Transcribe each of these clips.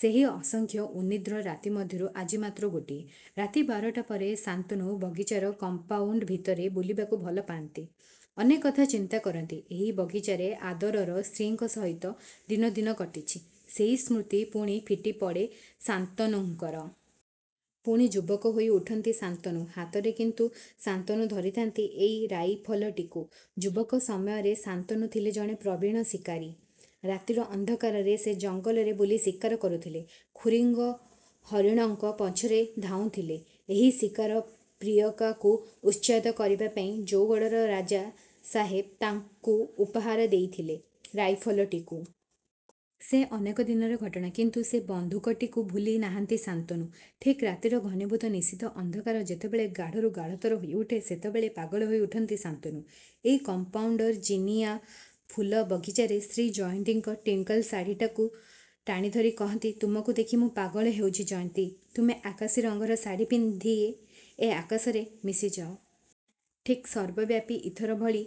ସେହି ଅସଂଖ୍ୟ ଉନିଦ୍ର ରାତି ମଧ୍ୟରୁ ଆଜି ମାତ୍ର ଗୋଟିଏ। ରାତି ବାରଟା ପରେ ଶାନ୍ତନୁ ବଗିଚାର କମ୍ପାଉଣ୍ତ ଭିତରେ ବୁଲିବାକୁ ଭଲ ପାଆନ୍ତି। ଅନେକ କଥା ଚିନ୍ତା କରନ୍ତି। ଏଇ ବଗିଚାରେ ଆଦରର ସ୍ତ୍ରୀଙ୍କ ସହିତ ଦିନ ଦିନ କଟିଛି। ସେଇ ସ୍ମୃତି ପୁଣି ଫିଟିପଡ଼େ ଶାନ୍ତନୁଙ୍କର। ପୁଣି ଯୁବକ ହୋଇ ଉଠନ୍ତି ଶାନ୍ତନୁ। ହାତରେ କିନ୍ତୁ ଶାନ୍ତନୁ ଧରିଥାନ୍ତି ଏଇ ରାଇଫଲଟିକୁ। ଯୁବକ ସମୟରେ ଶାନ୍ତନୁ ଥିଲେ ଜଣେ ପ୍ରବୀଣ ଶିକାରୀ। ରାତିର ଅନ୍ଧକାରରେ ସେ ଜଙ୍ଗଲରେ ବୁଲି ଶିକାର କରୁଥିଲେ। ଖୁରିଙ୍ଗ ହରିଣଙ୍କ ପଛରେ ଧାଉଁଥିଲେ। ଏଇ ଶିକାର ପ୍ରିୟକାକୁ ଉତ୍ସାହିତ କରିବା ପାଇଁ ଜଉଗଡ଼ର ରାଜା ସାହେବ ତାଙ୍କୁ ଉପହାର ଦେଇଥିଲେ ରାଇଫଲଟିକୁ। ସେ ଅନେକ ଦିନର ଘଟଣା। କିନ୍ତୁ ସେ ବନ୍ଧୁକଟିକୁ ଭୁଲି ନାହାଁନ୍ତି ଶାନ୍ତନୁ। ଠିକ୍ ରାତିର ଘନୀଭୂତ ନିଷିଦ୍ଧ ଅନ୍ଧକାର ଯେବେଳେବେ ଗାଢ଼ରୁ ଗାଢ଼ତର ହୋଇଉଠେ ସେତେବେଳେ ପାଗଳ ହୋଇ ଉଠନ୍ତି ଶାନ୍ତନୁ। ଏଇ କମ୍ପାଉଣ୍ତର ଜିନିଆଁ ଫୁଲ ବଗିଚାରେ ସ୍ତ୍ରୀ ଜୟନ୍ତୀଙ୍କ ଟ୍ୱିଙ୍କଲ୍ଶାଢ଼ିଟାକୁ ଟାଣିଧରି କହନ୍ତି ତୁମକୁ ଦେଖି ମୁଁ ପାଗଳ ହେଉଛି ଜୟନ୍ତୀ ତୁମେ ଆକାଶୀ ରଙ୍ଗର ଶାଢ଼ି ପିନ୍ଧି ଏ ଆକାଶରେ ମିଶିଯାଅ। ଠିକ୍ ସର୍ବବ୍ୟାପୀ ଇଥର ଭଳି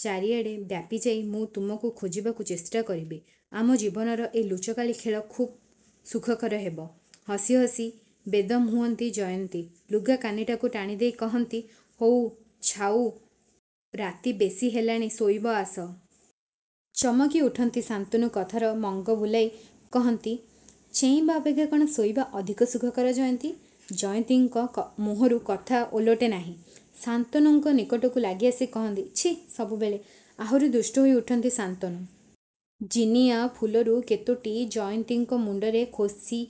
ଚାଳିଆଡ଼େ ବ୍ୟାପୀଯାଇ ମୁଁ ତୁମକୁ ଖୋଜିବାକୁ ଚେଷ୍ଟା କରିବି। ଆମ ଜୀବନର ଏ ଲୁଚକାଳି ଖେଳ ଖୁବ୍ ସୁଖକର ହେବ। ହସି ହସି ବେଦମ୍ ହୁଅନ୍ତି ଜୟନ୍ତୀ ଲୁଗା କାନିଟାକୁ ଟାଣିଦେଇ କହନ୍ତି ''ହଉ ଛାଉ ରାତି ବେଶୀ ହେଲାଣି ଶୋଇବ ଆସ। '' ଚମକି ଉଠନ୍ତି ଶାନ୍ତନୁ କଥାର ମଙ୍ଗ ବୁଲାଇ କହନ୍ତି ''ଚେଇଁବା ଅପେକ୍ଷା କ'ଣ ଶୋଇବା ଅଧିକ ସୁଖକର ଜୟନ୍ତୀ? '' ଜୟନ୍ତୀଙ୍କ ମୁହଁରୁ କଥା ଓଲଟେ ନାହିଁ। ଶାନ୍ତନୁଙ୍କ ନିକଟକୁ ଲାଗିଆସି କହନ୍ତି ''ଛି ସବୁ ବେଳେ '' ଆହୁରି ଦୁଷ୍ଟ ହୋଇ ଉଠନ୍ତି ଶାନ୍ତନୁ। ଜିନିଆଁ ଫୁଲରୁ କେତୋଟି ଜୟନ୍ତୀଙ୍କ ମୁଣ୍ତରେ ଖୋସି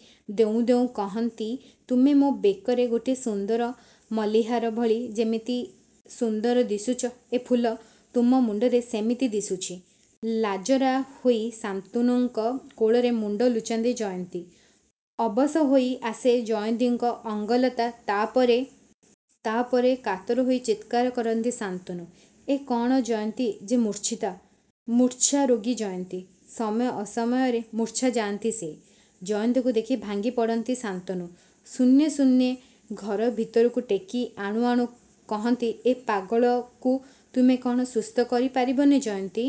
ଦେଉଁ ଦେଉଁ କହନ୍ତି ତୁମେ ମୋ ବେକରେ ଗୋଟିଏ ସୁନ୍ଦର ମଲ୍ଲିହାର ଭଳି ଯେମିତି ସୁନ୍ଦର ଦିଶୁଛ ଏ ଫୁଲ ତୁମ ମୁଣ୍ତରେ ସେମିତି ଦିଶୁଛି। ଲାଜରା ହୋଇ ଶାନ୍ତନୁଙ୍କ କୋଳରେ ମୁଣ୍ତ ଲୁଚାନ୍ତି ଜୟନ୍ତୀ। ଅବଶ ହୋଇ ଆସେ ଜୟନ୍ତୀଙ୍କ ଅଙ୍ଗଲତା ତା'ପରେ. ତା'ପରେ କାତର ହୋଇ ଚିତ୍କାର କରନ୍ତି ଶାନ୍ତନୁ। ଏ କ'ଣ ଜୟନ୍ତୀ ଯେ ମୂର୍ଚ୍ଛିତା! ମୂର୍ଚ୍ଛା ରୋଗୀ ଜୟନ୍ତୀ। ସମୟ ଅସମୟରେ ମୂର୍ଚ୍ଛା ଯାଆନ୍ତି ସେ। ଜୟନ୍ତୀଙ୍କୁ ଦେଖି ଭାଙ୍ଗି ପଡ଼ନ୍ତି ଶାନ୍ତନୁ। ଶୂନ୍ୟେ ଶୂନ୍ୟେ ଘର ଭିତରକୁ ଟେକି ଆଣୁ ଆଣୁ କହନ୍ତି ଏ ପାଗଳକୁ ତୁମେ କ'ଣ ସୁସ୍ଥ କରି ପାରିବନି ଜୟନ୍ତୀ?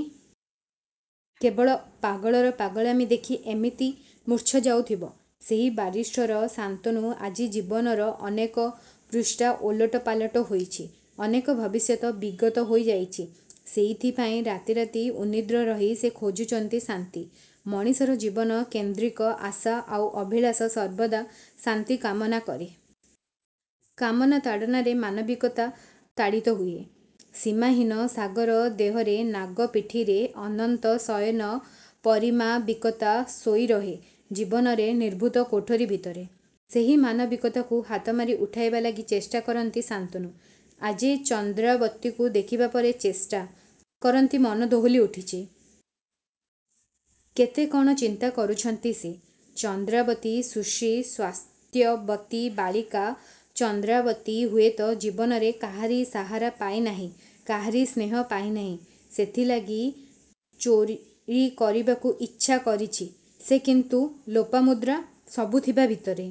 କେବଳ ପାଗଳର ପାଗଳାମୀ ଦେଖି ଏମିତି ମୂର୍ଚ୍ଛା ଯାଉଥିବ? ସେହି ବାରିଷ୍ଟର ଶାନ୍ତନୁ ଆଜି ଜୀବନର ଅନେକ ପୃଷ୍ଠା ଓଲଟ ପାଲଟ ହୋଇଛି। ଅନେକ ଭବିଷ୍ୟତ ବିଗତ ହୋଇଯାଇଛି। ସେଇଥିପାଇଁ ରାତି ରାତି ଉନିଦ୍ର ରହି ସେ ଖୋଜୁଛନ୍ତି ଶାନ୍ତି। ମଣିଷର ଜୀବନ କୈନ୍ଦ୍ରିକ ଆଶା ଆଉ ଅଭିଳାଷ ସର୍ବଦା ଶାନ୍ତି କାମନା କରେ। କାମନା ତାଡ଼ନାରେ ମାନବିକତା ତାଡ଼ିତ ହୁଏ। ସୀମାହୀନ ସାଗର ଦେହରେ ନାଗ ପିଠିରେ ଅନନ୍ତ ଶୟନ ପରିମାବିକତା ଶୋଇରହେ ଜୀବନରେ ନିଭୃତ କୋଠରୀ ଭିତରେ। ସେହି ମାନବିକତାକୁ ହାତମାରି ଉଠାଇବା ଲାଗି ଚେଷ୍ଟା କରନ୍ତି ଶାନ୍ତନୁ। ଆଜି ଚନ୍ଦ୍ରାବତୀକୁ ଦେଖିବା ପରେ ଚେଷ୍ଟା। କରନ୍ତି ମନ ଦୋହଲି ଉଠିଛି। କେତେ କ'ଣ ଚିନ୍ତା କରୁଛନ୍ତି ସେ। ଚନ୍ଦ୍ରାବତୀ ସୁଶ୍ରୀ ସ୍ୱାସ୍ଥ୍ୟବତୀ ବାଳିକା ଚନ୍ଦ୍ରାବତୀ ହୁଏତ ଜୀବନରେ କାହାରି ସାହାରା ପାଇ ନାହିଁ କାହାରି ସ୍ନେହ ପାଇ ନାହିଁ ସେଥିଲାଗି ଚୋରୀ କରିବାକୁ ଛଚ୍ଛା କରିଛି ସେ କିନ୍ତୁ ଲୋପାମୁଦ୍ରା। ସବୁ ଥିବା ଭିତରେ